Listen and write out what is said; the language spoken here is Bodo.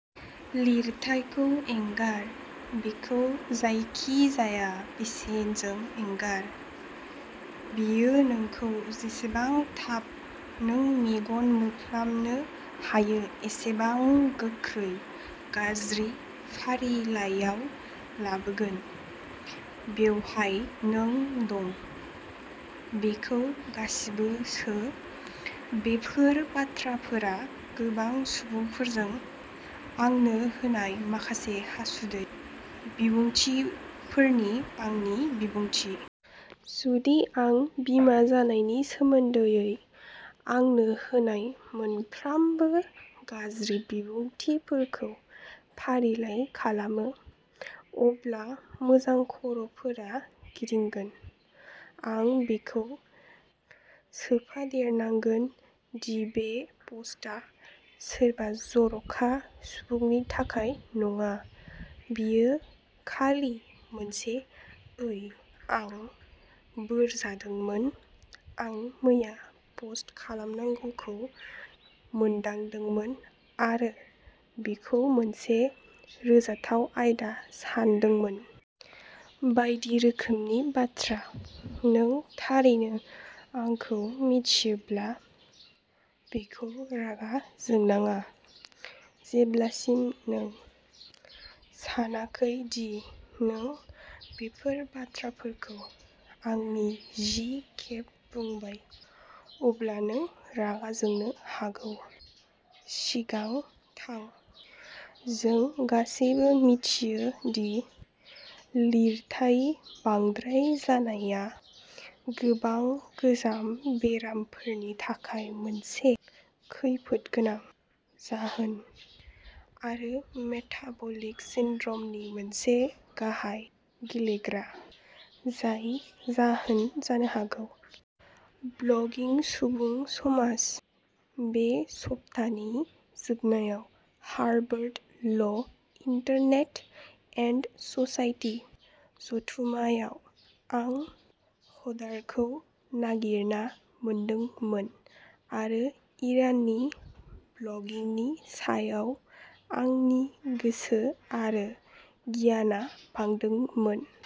लिरथाइखौ एंगार। बेखौ जायखिजाया बेसेनजों एंगार। बेयो नोंखौ जेसेबां थाब नों मेगन मोफ्लांनो हायो एसेबां गोख्रै गाज्रि फारिलाइआव लाबोगोन। बेवहाय नों दं। बेखौ गासिबो सो। बेफोर बाथ्राफोरा गोबां सुबुंफोरजों आंनो होनाय माखासे हासुदै बिबुंथिफोरनि आंनि बिबुंथि। जुदि आं बिमा जानायनि सोमोन्दै आंनो होनाय मोनफ्रोमबो गाज्रि बिबुंथिफोरखौ फारिलाइ खालामो, अब्ला मोजांखर'फोरा गिदिंगोन। आं बेखौ सोफादेरनांगोन दि बे पस्टआ सोरबा जर'खा सुबुंनि थाखाय नङा। बेयो खालि मोनसे "ओइ आं बोर जादोंमोन, आं मैया पस्ट खालामनांगौखौ मोनदांदोंमोन, आरो बेखौ मोनसे रंजाथाव आयदा सानदोंमोन। " बायदि रोखोमनि बाथ्रा। नों थारैनो आंखौ मिन्थियोब्ला, बेखौ रागा जोंनाङा। जेब्लासिम नों सानाखै दि नों बेफोर बाथ्राफोरखौ आंनो जि खेब बुंबाय। अब्ला नों रागा जोंनो हागौ। सिगां थां। जों गासैबो मिथियो दि लिरथाइ बांद्राय जानाया गोबां गोजाम बेरामफोरनि थाखाय मोनसे खैफोदगोनां जाहोन, आरो मेटाबलिक सिन्ड्रमनि मोनसे गाहाय गेलेग्रा, जाय जाहोन जानो हागौ। ब्लगिं सुबुं समाज। बे सप्तानि जोबनायाव हार्भार्ड ल इन्टारनेट एन्ड ससाइटि जथुम्मायाव आं हडारखौ नागिरना मोनदोंमोन आरो इराननि ब्लगिंनि सायाव आंनि गोसो आरो गियानआ बांदोंमोन।